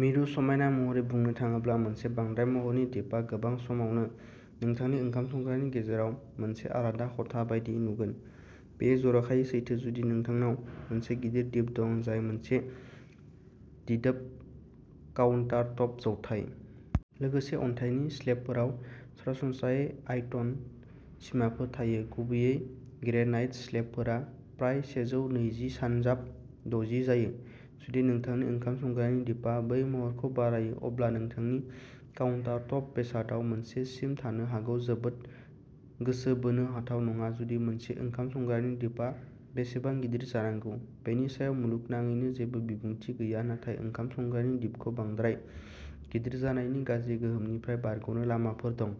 मिरु समायना महरै बुंनो थाङोब्ला मोनसे बांद्राय-महरनि दिपआ गोबां समावनो नोंथांनि ओंखाम संग्रानि गेजेराव मोनसे आलादा खथा बायदि नुगोन। बेयो जर'खायै सैथो जुदि नोंथांनाव मोनसे गिदिर दिप दं जाय मोनसे दिदोम काउन्टार टप जौथाइ। लोगोसे अन्थाइनि स्लेबफोराव सरासनस्रायै आयतन सिमाफोर थायो गुबैयै ग्रेनाइट स्लेबफोरा प्राय सेजौ नैजि सानजाब दजि जायो। जुदि नोंथांनि ओंखाम संग्रानि दिपआ बै महरखौ बारायो अब्ला नोंथांनि काउन्टारटप बेसादाव मोनसे सिम थानो हागौ जोबोद गोसो बोनो हाथाव नङा जुदि मोनसे ओंखाम संग्रानि दिपआ बेसेबां गिदिर जानांगौ बेनि सायाव मुलुगनाङैनो जेबो बिबुंथि गैया नाथाय ओंखाम संग्रानि दिपखौ बांद्राय गिदिर जानायनि गाज्रि गोहोमनिफ्राय बारग'नो लामाफोर दं।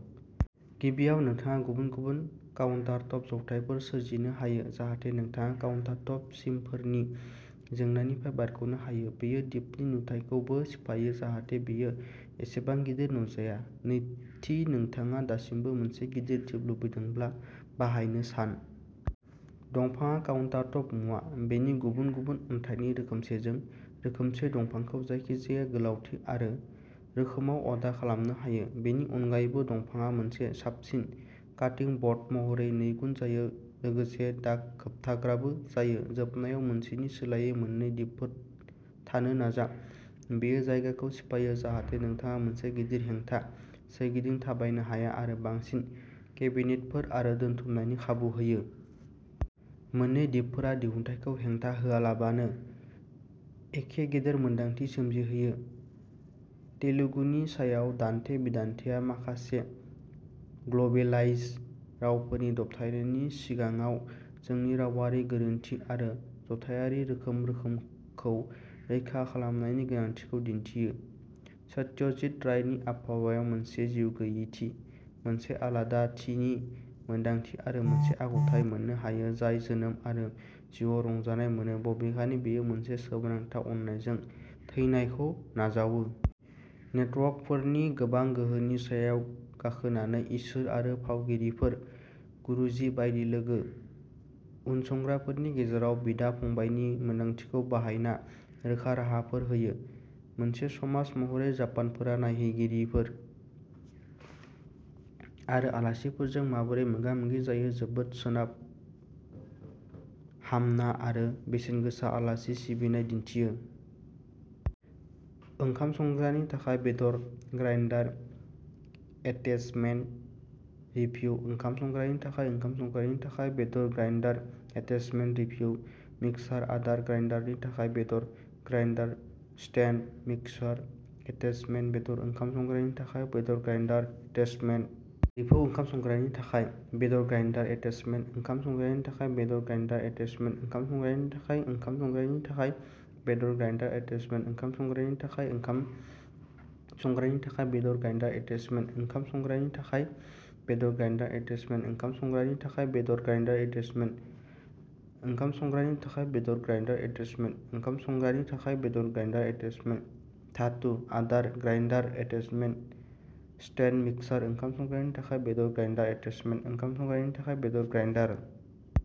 गिबियाव नोंथाङा गुबुन गुबुन काउन्टार टप जौथायफोर सोरजिनो हायो जाहाथे नोंथाङा काउन्टारटप सिमफोरनि जेंनानिफ्राय बारग'नो हायो बेयो दिपनि नुथायखौ बो सिफायो जाहाथे बेयो एसेबां गिदिर नुजाया। नैथि नोंथाङा दासिमबो मोनसे गिदिर दिप लुबैदोंब्ला बाहायनो सान। दंफांआ काउन्टारटप मुवा। बेनि गुबुन गुबुन अन्थाइनि रोखोमसेजों रोखोमसे दंफांखौ जायखिजाया गोलावथि आरो रोखोमाव अर्डार खालामनो हायो। बेनि अनगायैबो दंफांआ मोनसे साबसिन काटिं ब'र्ड महरै नैगुन जायो लोगोसे दाग होबथाग्राबो जायो। जोबनायाव मोनसेनि सोलायै मोन्नै दिपफोर थानो नाजा बेयो जायगाखौ सिफायो जाहाथे नोंथाङा मोनसे गिदिर हेंथा सोरगिदिं थाबायनो हाया आरो बांसिन केबिनेटफोर आरो दोनथुमनायनि खाबु होयो। मोन्नै दिपफोरा दिहुनथायखौ हेंथा होआलाबानो एखे गेदेर मोन्दांथि सोमजिहोयो। तेलुगुनि सायाव दान्थे बिदान्थेया माखासे ग्लबेलाइज्ड रावफोरनि दबथायनायनि सिगाङाव जोंनि रावारि गोरोनथि आरो जथायारि रोखोम रोखोमखौ रैखा खालामनायनि गोनांथिखौ दिन्थियो। सत्यजीत रायनि हाबायाव मोनसे जिउगैयैथि मोनसे आलादाथिनि मोनदांथि आरो मोनसे आखुथाय मोननो हायो जाय जोनोम आरो जिउआव रंजानाय मोनो बबेखानि बेयो मोनसे सोमोनांथाव अननायजों थैनायखौ नाजावो। नेटवर्कफोरनि गोबां गोहोनि सायाव गाखोनानै इसोर आरो फावगिरिफोर। गुरुजि बायदि लोगो उनसंग्राफोरनि गेजेराव बिदा फंबायनि मोन्दांथिखौ बाहायना रोखा राहाफोर होयो। मोनसे समाज महरै जापानफोरा नायहैगिरिफोर आरो आलासिफोरजों माबोरै मोगा मोगि जायो जोबोद साबनाहामना आरो बेसेनगोसा आलासि सिबिनाय दिन्थियो। ओंखाम संग्रानि थाखाय बेदर ग्राइन्डार एटेचमेन्ट रिभिउ ओंखाम संग्रानि थाखाय ओंखाम संग्रानि थाखाय बेदर ग्राइन्डार एटेचमेन्ट रिभिउ मिक्सार आदार ग्राइन्डारनि थाखाय बेदर ग्राइन्डार स्टेन्ड मिक्सार एटेचमेन्ट बेदर ओंखाम संग्रानि थाखाय बेदर ग्राइन्डार एटेचमेन्ट रिभिउ ओंखाम संग्रानि थाखाय बेदर ग्राइन्डार एटेचमेन्ट ओंखाम संग्रानि थाखाय बेदर ग्राइन्डार एटेचमेन्ट ओंखाम संग्रानि थाखाय ओंखाम संग्रानि थाखाय बेदर ग्राइन्डार एटेचमेन्ट ओंखाम संग्रानि थाखाय ओंखाम संग्रानि थाखाय बेदर ग्राइन्डार एटेचमेन्ट ओंखाम संग्रानि थाखाय बेदर ग्राइन्डार एटेचमेन्ट ओंखाम संग्रानि थाखाय बेदर ग्राइन्डार एटेचमेन्ट ओंखाम संग्रानि थाखाय बेदर ग्राइन्डार एटेचमेन्ट ओंखाम संग्रानि थाखाय बेदर ग्राइन्डार एटेचमेन्ट धातु आदार ग्राइन्डार एटेचमेन्ट स्टेन्ड मिक्सार ओंखाम संग्रानि थाखाय बेदर ग्राइन्डार एटेचमेन्ट ओंखाम संग्रानि थाखाय बेदर ग्राइन्डार।